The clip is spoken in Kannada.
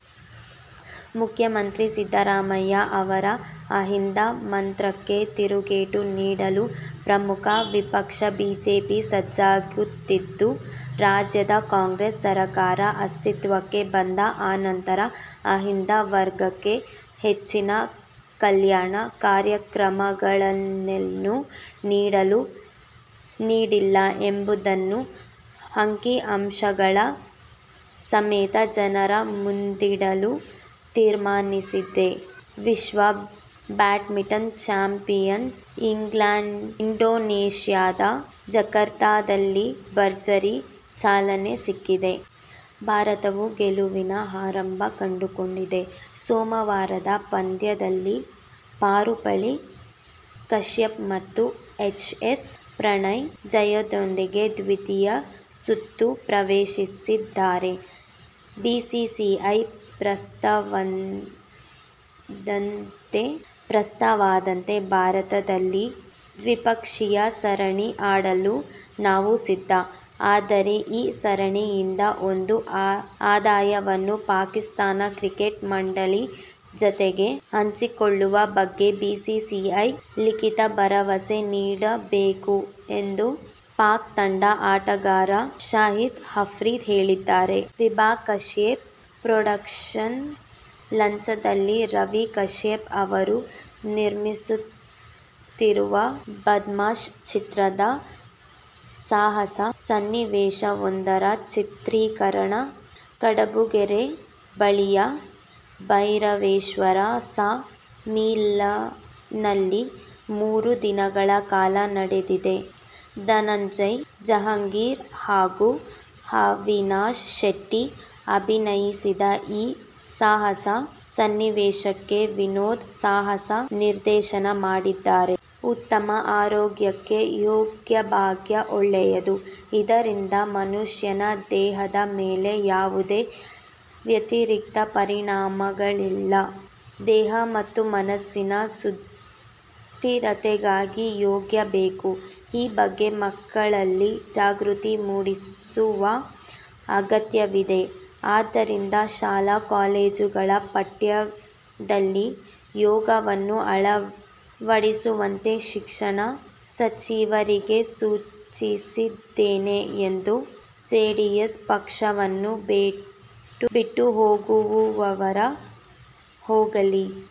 ಮುಖ್ಯಮಂತ್ರಿ ಸಿದ್ದರಾಮಯ್ಯ ಅವರ ಅಹಿಂದ ಮಂತ್ರಕ್ಕೆ ತಿರುಗೇಟು ನೀಡಲು ಪ್ರಮುಖ ವಿಪಕ್ಷ ಬಿಜೆಪಿ ಸಜ್ಜಾಗುತ್ತಿದ್ದು, ರಾಜ್ಯದ ಕಾಂಗ್ರೆಸ್ ಸರಕಾರ ಅಸ್ತಿತ್ವಕ್ಕೆ ಬಂದ ಅನಂತರ ಅಹಿಂದ ವರ್ಗಕ್ಕೆ ಹೆಚ್ಚಿನ ಕಲ್ಯಾಣ ಕಾರ್ಯಕ್ರಮಗಳನ್ನೇನೂ ನೀಡಿಲ್ಲ ಎಂಬುದನ್ನು ಅಂಕಿ- ಅಂಶಗಳ ಸಮೇತ ಜನರ ಮುಂದಿಡಲು ತೀರ್ಮಾನಿಸಿದೆ. ವಿಶ್ವ ಬ್ಯಾಡ್ಮಿಂಟನ್ ಚಾಂಪಿಯನ್ಗೆ ಇಂಡೋನೇಶ್ಯಾದ ಜಕಾರ್ತಾದಲ್ಲಿ ಭರ್ಜರಿ ಚಾಲನೆ ಸಿಕ್ಕಿದೆ. ಭಾರತವೂ ಗೆಲುವಿನ ಆರಂಭ ಕಂಡುಕೊಂಡಿದೆ. ಸೋಮವಾರದ ಪಂದ್ಯದಲ್ಲಿ ಪಾರುಪಳ್ಳಿ ಕಶ್ಯಪ್ ಮತ್ತು ಎಚ್. ಎಸ್. ಪ್ರಣಯ್ ಜಯದೊಂದಿಗೆ ದ್ವಿತೀಯ ಸುತ್ತು ಪ್ರವೇಶಿಸಿದ್ದಾರೆ. ಬಿಸಿಸಿಐ ಪ್ರಸ್ತಾವದಂತೆ ಭಾರತದಲ್ಲಿ ದ್ವಿಪಕ್ಷೀಯ ಸರಣಿ ಆಡಲು ನಾವು ಸಿದ್ಧ. ಆದರೆ ಈ ಸರಣಿಯಿಂದ ಬಂದ ಆದಾಯವನ್ನು ಪಾಕಿಸ್ಥಾನ ಕ್ರಿಕೆಟ್ ಮಂಡಳಿ ಜತೆಗೆ ಹಂಚಿಕೊಳ್ಳುವ ಬಗ್ಗೆ ಬಿಸಿಸಿಐ ಲಿಖೀತ ಭರವಸೆ ನೀಡಬೇಕು ಎಂದು ಪಾಕ್ ತಂಡದ ಆಟಗಾರ ಶಾಹಿದ್ ಆಫ್ರಿದಿ ಹೇಳಿದ್ದಾರೆ. ವಿಭಾ ಕಶ್ಯಪ್ ಪ್ರೊಡಕ್ಷನ್ಸ್ ಲಾಂಛನದಲ್ಲಿ ರವಿ ಕಶ್ಯಪ್ ಅವರು ನಿರ್ಮಿಸುತ್ತಿರುವ "ಬದ್ಮಾಶ್' ಚಿತ್ರದ ಸಾಹಸ ಸನ್ನಿವೇಶವೊಂದರ ಚಿತ್ರೀಕರಣ ಕಡಬುಗೆರೆ ಬಳಿಯ ಭೈರವೇಶ್ವರ ಸಾ ಮಿಲ್ನಲ್ಲಿ ಮೂರು ದಿನಗಳ ಕಾಲ ನಡೆದಿದೆ. ಧನಂಜಯ್, ಜಹಂಗೀರ್ ಹಾಗೂ ಅವಿನಾಶ್ ಶೆಟ್ಟಿ ಅಭಿನಯಿಸಿದ ಈ ಸಾಹಸ ಸನ್ನಿವೇಶಕ್ಕೆ ವಿನೋದ್ ಸಾಹಸ ನಿರ್ದೇಶನ ಮಾಡಿದ್ದಾರೆ. ಉತ್ತಮ ಆರೋಗ್ಯಕ್ಕೆ ಯೋಗಾಭ್ಯಾಸ ಒಳ್ಳೆಯದು. ಇದರಿಂದ ಮನುಷ್ಯನ ದೇಹದ ಮೇಲೆ ಯಾವುದೇ ವ್ಯತಿರಿಕ್ತ ಪರಿಣಾಮಗಳಿಲ್ಲ. ದೇಹ ಮತ್ತು ಮನಸ್ಸಿನ ಸುಸ್ಥಿರತೆಗಾಗಿ ಯೋಗ ಬೇಕು. ಈ ಬಗ್ಗೆ ಮಕ್ಕಳಲ್ಲಿ ಜಾಗೃತಿ ಮೂಡಿಸುವ ಅಗತ್ಯವಿದೆ. ಆದ್ದರಿಂದ ಶಾಲಾ-ಕಾಲೇಜುಗಳ ಪಠ್ಯದಲ್ಲಿ ಯೋಗವನ್ನು ಅಳವಡಿಸುವಂತೆ ಶಿಕ್ಷಣ ಸಚಿವರಿಗೆ ಸೂಚಿಸಿದ್ದೇನೆ ಎಂದರು. ಜೆಡಿಎಸ್ ಪಕ್ಷವನ್ನು ಬಿಟ್ಟು ಹೋಗುವವರು ಹೋಗಲಿ.